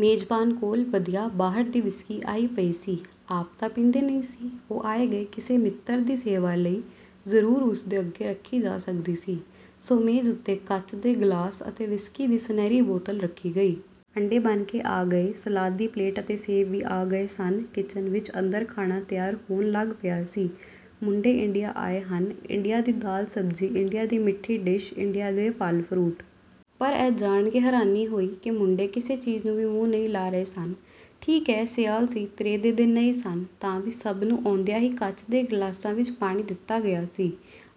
ਮੇਜ਼ਬਾਨ ਕੋਲ ਵਧੀਆ ਬਾਹਰ ਦੀ ਵਿਸਕੀ ਆਈ ਪਈ ਸੀ। ਆਪ ਤਾਂ ਪੀਂਦਾ ਨਹੀਂ ਸੀ ਉਹ ਆਏ ਗਏ ਕਿਸੇ ਮਿੱਤਰ ਦੀ ਸੇਵਾ ਲਈ ਜ਼ਰੂਰ ਉਸ ਦੇ ਅੱਗੇ ਰੱਖੀ ਜਾ ਸਕਦੀ ਸੀ। ਸੋ ਮੇਜ਼ ਉਤੇ ਕੱਚ ਦੇ ਗਲਾਸ ਅਤੇ ਵਿਸਕੀ ਦੀ ਸੁਨਹਿਰੀ ਬੋਤਲ ਰੱਖੀ ਗਈ। ਅੰਡੇ ਬਣ ਕੇ ਆ ਗਏ। ਸਲਾਦ ਦੀ ਪਲੇਟ ਅਤੇ ਸੇਬ ਵੀ ਆ ਗਏ ਸਨ। ਕਿਚਨ ਵਿਚ ਅੰਦਰ ਖਾਣਾ ਤਿਆਰ ਹੋਣ ਲੱਗ ਪਿਆ ਸੀ। ਮੁੰਡੇ ਇੰਡੀਆ ਆਏ ਹਨ। ਇੰਡੀਆ ਦੀ ਦਾਲ-ਸਬਜ਼ੀ ਇੰਡੀਆ ਦੀ ਮਿੱਠੀ ਡਿਸ਼, ਇੰਡੀਆ ਦੇ ਫਲ-ਫਰੂਟ। ਪਰ ਇਹ ਜਾਣ ਕੇ ਹੈਰਾਨੀ ਹੋਈ ਕਿ ਮੁੰਡੇ ਕਿਸੇ ਚੀਜ਼ ਨੂੰ ਵੀ ਮੂੰਹ ਨਹੀਂ ਲਾ ਰਹੇ ਸਨ। ਠੀਕ ਹੈ, ਸਿਆਲ ਸੀ, ਤ੍ਰੇਹ ਦੇ ਦਿਨ ਨਹੀਂ ਸਨ, ਤਾਂ ਵੀ ਸਭ ਨੂੰ ਆਉਂਦਿਆਂ ਹੀ ਕੱਚ ਦੇ ਗਲਾਸਾਂ ਵਿਚ ਪਾਣੀ ਦਿੱਤਾ ਗਿਆ ਸੀ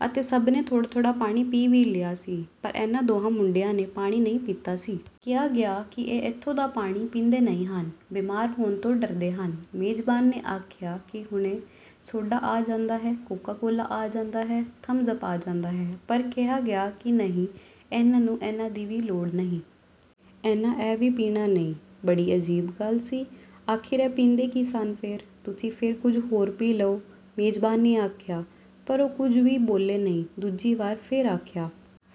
ਅਤੇ ਸਭ ਨੇ ਥੋੜ੍ਹਾ-ਥੋੜ੍ਹਾ ਪਾਣੀ ਪੀ ਵੀ ਲਿਆ ਸੀ ਪਰ ਇਹਨਾਂ ਦੋਹਾਂ ਮੁੰਡਿਆਂ ਨੇ ਪਾਣੀ ਨਹੀਂ ਪੀਤਾ ਸੀ। ਕਿਹਾ ਗਿਆ ਕਿ ਇਹ ਏਥੋਂ ਦਾ ਪਾਣੀ ਪੀਂਦੇ ਨਹੀਂ ਹਨ। ਬੀਮਾਰ ਹੋਣ ਤੋਂ ਡਰਦੇ ਹਨ। ਮੇਜ਼ਬਾਨ ਨੇ ਆਖਿਆ ਕਿ ਹੁਣੇ ਸੋਡਾ ਆ ਜਾਂਦਾ ਹੈ, ਕੋਕਾ ਕੋਲਾ ਆ ਜਾਂਦਾ ਹੈ, ਥਮਜ਼ ਅੱਪ ਆ ਜਾਂਦਾ ਹੈ ਪਰ ਕਿਹਾ ਗਿਆ ਕਿ ਨਹੀਂ, ਇਹਨਾਂ ਨੂੰ ਇਹਨਾਂ ਦੀ ਵੀ ਲੋੜ ਨਹੀਂ। ਇਹਨਾਂ ਇਹ ਵੀ ਪੀਣਾ ਨਹੀਂ। ਬੜੀ ਅਜੀਬ ਗੱਲ ਸੀ। ਆਖ਼ਰ ਇਹ ਪੀਂਦੇ ਕੀ ਸਨ ਫੇਰ? ਤੁਸੀਂ ਫੇਰ ਕੁੱਝ ਹੋਰ ਪੀ ਲਓ। " ਮੇਜ਼ਬਾਨ ਨੇ ਆਖਿਆ ਪਰ ਉਹ ਕੁਝ ਵੀ ਬੋਲੇ ਨਹੀਂ। ਦੂਜੀ ਵਾਰੀ ਫੇਰ ਆਖਿਆ।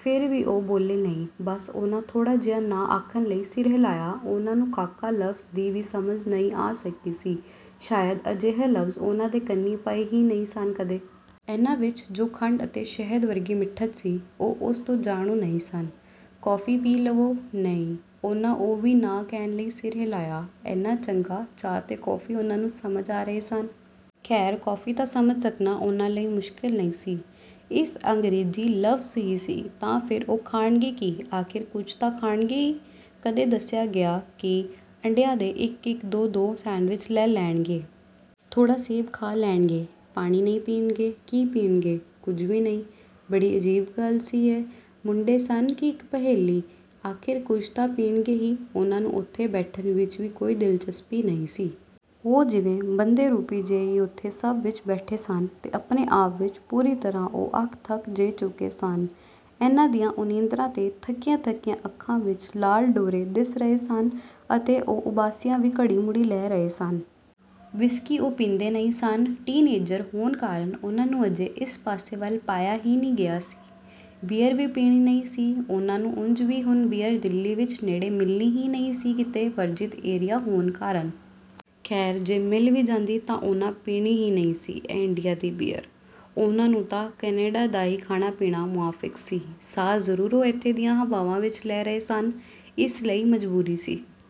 ਫੇਰ ਵੀ ਉਹ ਬੋਲੇ ਨਹੀਂ। ਬੱਸ ਉਹਨਾਂ ਥੋੜ੍ਹਾ ਜਿਹਾ ਨਾਂਹ ਆਖਣ ਲਈ ਸਿਰ ਹਿਲਾਇਆ। ਉਹਨਾਂ ਨੂੰ "ਕਾਕਾ" ਲਫ਼ਜ਼ ਦੀ ਵੀ ਸਮਝ ਨਹੀਂ ਆ ਸਕੀ ਸੀ। ਸ਼ਾਇਦ ਅਜਿਹੇ ਲਫ਼ਜ਼ ਉਹਨਾਂ ਦੇ ਕੰਨੀ ਪਏ ਹੀ ਨਹੀਂ ਸਨ ਕਦੇ। ਇਹਨਾਂ ਵਿਚ ਜੋ ਖੰਡ ਅਤੇ ਸ਼ਹਿਦ ਵਰਗੀ ਮਿੱਠਤ ਸੀ, ਉਹ ਉਸ ਤੋਂ ਜਾਣੂ ਨਹੀਂ ਸਨ। "ਕੌਫੀ ਪੀ ਲਵੋ? " "ਨਹੀਂ" ਉਹਨਾਂ ਉਵੇਂ ਹੀ ਨਾਂਹ ਕਹਿਣ ਲਈ ਸਿਰ ਹਿਲਾਇਆ। ਏਨਾ ਚੰਗਾ, ਚਾਹ ਤੇ ਕੌਫ਼ੀ ਉਹਨਾਂ ਨੂੰ ਸਮਝ ਆ ਰਹੇ ਸਨ। ਖ਼ੈਰ, ਕੌਫ਼ੀ ਤਾਂ ਸਮਝ ਸਕਣਾ ਉਹਨਾਂ ਲਈ ਮੁਸ਼ਕਿਲ ਨਹੀਂ ਸੀ। ਇਸ ਅੰਗਰੇਜ਼ੀ ਲਫ਼ਜ਼ ਹੀ ਸੀ। ਤਾਂ ਫੇਰ, ਉਹ ਖਾਣਗੇ ਕੀ? ਆਖ਼ਿਰ ਕੁੱਝ ਤਾਂ ਖਾਣਗੇ ਹੀ? ਕਦੇ ਦੱਸਿਆ ਗਿਆ ਕਿ ਅੰਡਿਆਂ ਦੇ ਇਕ-ਇਕ ਦੋ-ਦੋ ਸੈਂਡਵਿਚ ਲੈ ਲੈਣਗੇ। ਥੋੜ੍ਹਾ ਸੇਬ ਖਾ ਲੈਣਗੇ। ਪਾਣੀ ਨਹੀਂ ਪੀਣਗੇ। ਕੀ ਪੀਣਗੇ? ਕੁਝ ਵੀ ਨਹੀਂ। ਬੜੀ ਅਜੀਬ ਗੱਲ ਸੀ ਇਹ। ਮੁੰਡੇ ਸਨ ਕਿ ਇਕ ਪਹੇਲੀ। ਆਖ਼ਰ ਕੁਝ ਤਾਂ ਪੀਣਗੇ ਹੀ? ਉਹਨਾਂ ਨੂੰ ਉਥੇ ਬੈਠਣ ਵਿਚ ਵੀ ਕੋਈ ਦਿਲਚਸਪੀ ਨਹੀਂ ਸੀ। ਉਹ ਜਿਵੇਂ ਬੱਧੇ ਰੁੱਧੇ ਜਿਹੇ ਹੀ ਉਥੇ ਸਭ ਵਿਚ ਬੈਠੇ ਸਨ ਤੇ ਆਪਣੇ ਆਪ ਵਿਚ ਪੂਰੀ ਤਰ੍ਹਾਂ ਉਹ ਅੱਕ-ਥੱਕ ਜਿਹੇ ਚੁੱਕੇ ਸਨ। ਇਹਨਾਂ ਦੀਆਂ ਉਣੀਂਦਰੀਆਂ ਤੇ ਥੱਕੀਆਂ-ਥੱਕੀਆਂ ਅੱਖਾਂ ਵਿਚ ਲਾਲ ਡੋਰੇ ਦਿਸ ਰਹੇ ਸਨ ਅਤੇ ਉਹ ਉਬਾਸੀਆਂ ਵੀ ਘੜੀ ਮੁੜੀ ਲੈ ਰਹੇ ਸਨ। ਵਿਸਕੀ ਉਹ ਪੀਂਦੇ ਨਹੀਂ ਸਨ। ਟੀਨ ਏਜ਼ਰ ਹੋਣ ਕਾਰਨ ਉਹਨਾਂ ਨੂੰ ਅਜੇ ਇਸ ਪਾਸੇ ਵੱਲ ਪਾਇਆ ਹੀ ਨਹੀਂ ਗਿਆ ਸੀ। ਬੀਅਰ ਵੀ ਪੀਣੀ ਨਹੀਂ ਸੀ। ਉਹਨਾਂ ਨੂੰ ਉਂਝ ਵੀ ਹੁਣ ਬੀਅਰ ਦਿੱਲੀ ਵਿਚ ਨੇੜੇ ਮਿਲਣੀ ਹੀ ਨਹੀਂ ਸੀ ਕਿਤੇ, ਵਰਜਿਤ ਏਰੀਆ ਹੋਣ ਕਾਰਨ। ਖ਼ੈਰ, ਜੇ ਮਿਲ ਵੀ ਜਾਂਦੀ ਤਾਂ ਉਹਨਾਂ ਪੀਣੀ ਹੀ ਨਹੀਂ ਸੀ ਇਹ ਇੰਡੀਆ ਦੀ ਬੀਅਰ। ਉਹਨਾਂ ਨੂੰ ਤਾਂ ਕੈਨੇਡਾ ਦਾ ਹੀ ਖਾਣਾ-ਪੀਣਾ ਮੁਆਫ਼ਿਕ ਸੀ। ਸਾਹ ਜ਼ਰੂਰ ਉਹ ਏਥੇ ਦੀਆਂ ਹਵਾਵਾਂ ਵਿਚ ਲੈ ਰਹੇ ਸਨ। ਇਸ ਲਈ ਮਜ਼ਬੂਰੀ ਸੀ।